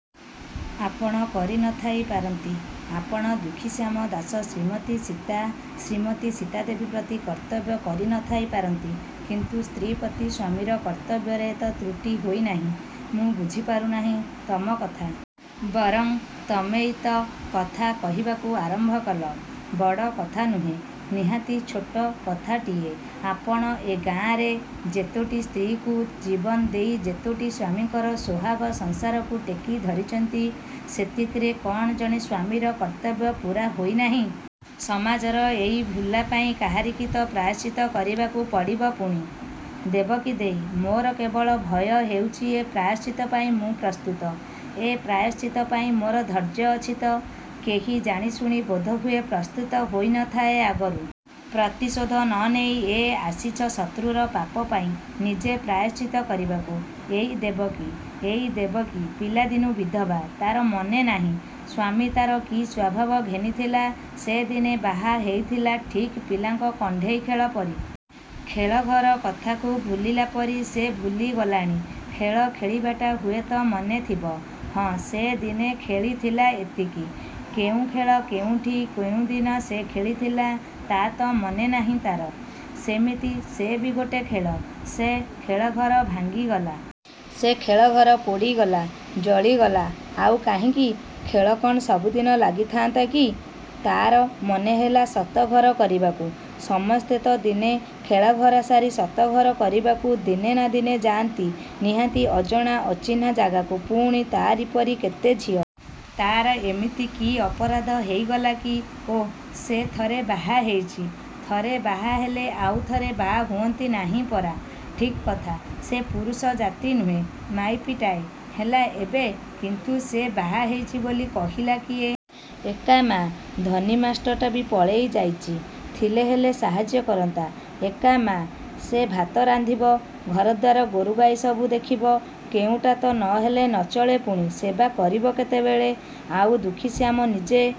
ଆପଣ କରି ନ ଥାଇ ପାରନ୍ତି। ଆପଣ ଦୁଃଖୀଶ୍ୟାମ ଦାଶ ଶ୍ରୀମତୀ ସୀତା ଶ୍ରୀମତି ସୀତା ଦେବୀ ପ୍ରତି କର୍ତ୍ତବ୍ୟ କରି ନ ଥାଇ ପାରନ୍ତି କିନ୍ତୁ ସ୍ତ୍ରୀ ପ୍ରତି ସ୍ୱାମୀର କର୍ତ୍ତବ୍ୟରେ ତ ତ୍ରୁଟି ହୋଇନାହିଁ। ମୁଁ ବୁଝିପାରୁ ନାହିଁ ତମ କଥା। ବରଂ ତମେଇ ତ କଥା କହିବାକୁ ଆରମ୍ଭ କଲ। ବଡ଼ କଥା ନୁହେଁ। ନିହାତି ଛୋଟ କଥାଟିଏ। ଆପଣ ଏ ଗାଁରେ ଯେତୋଟି ସ୍ତ୍ରୀଙ୍କୁ ଜୀବନ ଦେଇ ଯେତୋଟି ସ୍ୱାମୀଙ୍କର ସୁହାଗ ସଂସାରକୁ ଟେକି ଧରିଛନ୍ତି ସେତିକିରେ କ'ଣ ଜଣେ ସ୍ୱାମୀର କର୍ତ୍ତବ୍ୟ ପୂରା ହେଇ ନାହିଁ। ସମାଜର ଏଇ ଭୁଲ୍ପାଇଁ କାହାରିକି ତ ପ୍ରାୟଶ୍ଚିତ୍ତ କରିବାକୁ ପଡ଼ିବ ପୁଣି? ଦେବକୀ ଦେଈ ମୋର କେବଳ ଭୟ ହେଉଚି ଏ ପ୍ରାୟଶ୍ଚିତ୍ତ ପାଇଁ ମୁଁ ପ୍ରସ୍ତୁତ। ଏ ପ୍ରାୟଶ୍ଚିତ୍ତ ପାଇଁ ମୋର ଧୈର୍ଯ୍ୟ ଅଛି ତ?କେହି ଜାଣିଶୁଣି ବୋଧହୁଏ ପ୍ରସ୍ତୁତ ହୋଇ ନ ଥାଏ ଆଗରୁ। ପ୍ରତିଶୋଧ ନ ନେଇ ଏ ଆସିଛ ଶତ୍ରୁର ପାପ ପାଇ ନିଜେ ପ୍ରାୟଶ୍ଚିତ୍ତ କରିବାକୁ ଏଇ ଦେବକୀ ଏଇ ଦେବକୀ। ପିଲାଦିନୁ ବିଧବା। ତା'ର ମନେ ନାହିଁ ସ୍ୱାମୀ ତା'ର କି ସ୍ୱଭାବ ଘେନିଥିଲା ସେ ଦିନେ ବାହା ହେଇଥିଲା ଠିକ୍ ପିଲାଙ୍କ କଣ୍ଢେଇ ଖେଳ ପରି। ଖେଳଘର କଥାକୁ ଭୁଲିଲା ପରି ସେ ଭୁଲି ଗଲାଣି। ଖେଳ ଖେଳିବାଟା ହୁଏତ ମନେଥିବ। ହଁ ସେ ଦିନେ ଖେଳିଥିଲା ଏତିକି। କେଉଁ ଖେଳ କେଉଁଠି କେଉଁଦିନ ସେ ଖେଳିଥିଲା ତା' ତ ମନେ ନାହିଁ ତା'ର। ସେମିତି ସେ ବି ଗୋଟେ ଖେଳ। ସେ ଖେଳଘର ଭାଙ୍ଗିଗଲା। ସେ ଖେଳଘର ପୋଡ଼ିଗଲା ଜଳିଗଲା। ଆଉ କାହିଁକି? ଖେଳ କ'ଣ ସବୁଦିନେ ଲାଗି ଥାଆନ୍ତା କି? ତା'ର ମନେ ହେଲା ସତ ଘର କରିବାକୁ। ସମସ୍ତେ ତ ଦିନେ ଖେଳଘର ସାରି ସତ ଘର କରିବାକୁ ଦିନେ ନା ଦିନେ ଯାଆନ୍ତି ନିହାତି ଅଜଣା ଅଚିହ୍ନା ଜାଗାକୁ ପୁଣି ତା'ରି ପରି କେତେ ଝିଏ। ତା'ର ଏମିତି କି ଅପରାଧ ହେଇଗଲା କି? ଓଃ ସେ ଥରେ ବାହା ହେଇଚି। ଥରେ ବାହା ହେଲେ ଆଉ ଥରେ ବାହା ହୁଅନ୍ତି ନାହିଁ ପରା! ଠିକ୍ କଥା। ସେ ପୁରୁଷ ଜାତି ନୁହେଁ ମାଇପିଟାଏ। ହେଲା ଏବେ। କିନ୍ତୁ ସେ ବାହା ହେଇଚି ବୋଲି କହିଲା କିଏ? ଏକା ମା। ଧନୀ ମାଷ୍ଟରଟାବି ପଳେଇ ଯାଇଚି। ଥିଲେ ହେଲେ ସାହାଯ୍ୟ କରନ୍ତା। ଏକା ମା। ସେ ଭାତ ରାନ୍ଧିବ ଘର ଦ୍ୱାର ଗୋରୁ ଗାଈ ସବୁ ଦେଖିବ କୋଉଁଟା ତ ନ ହେଲେ ନଚଲେ ପୁଣି ସେବା କରିବ କେତେବେଳେ? ଆଉ ଦୁଃଖୀଶ୍ୟାମ ନିଜେ?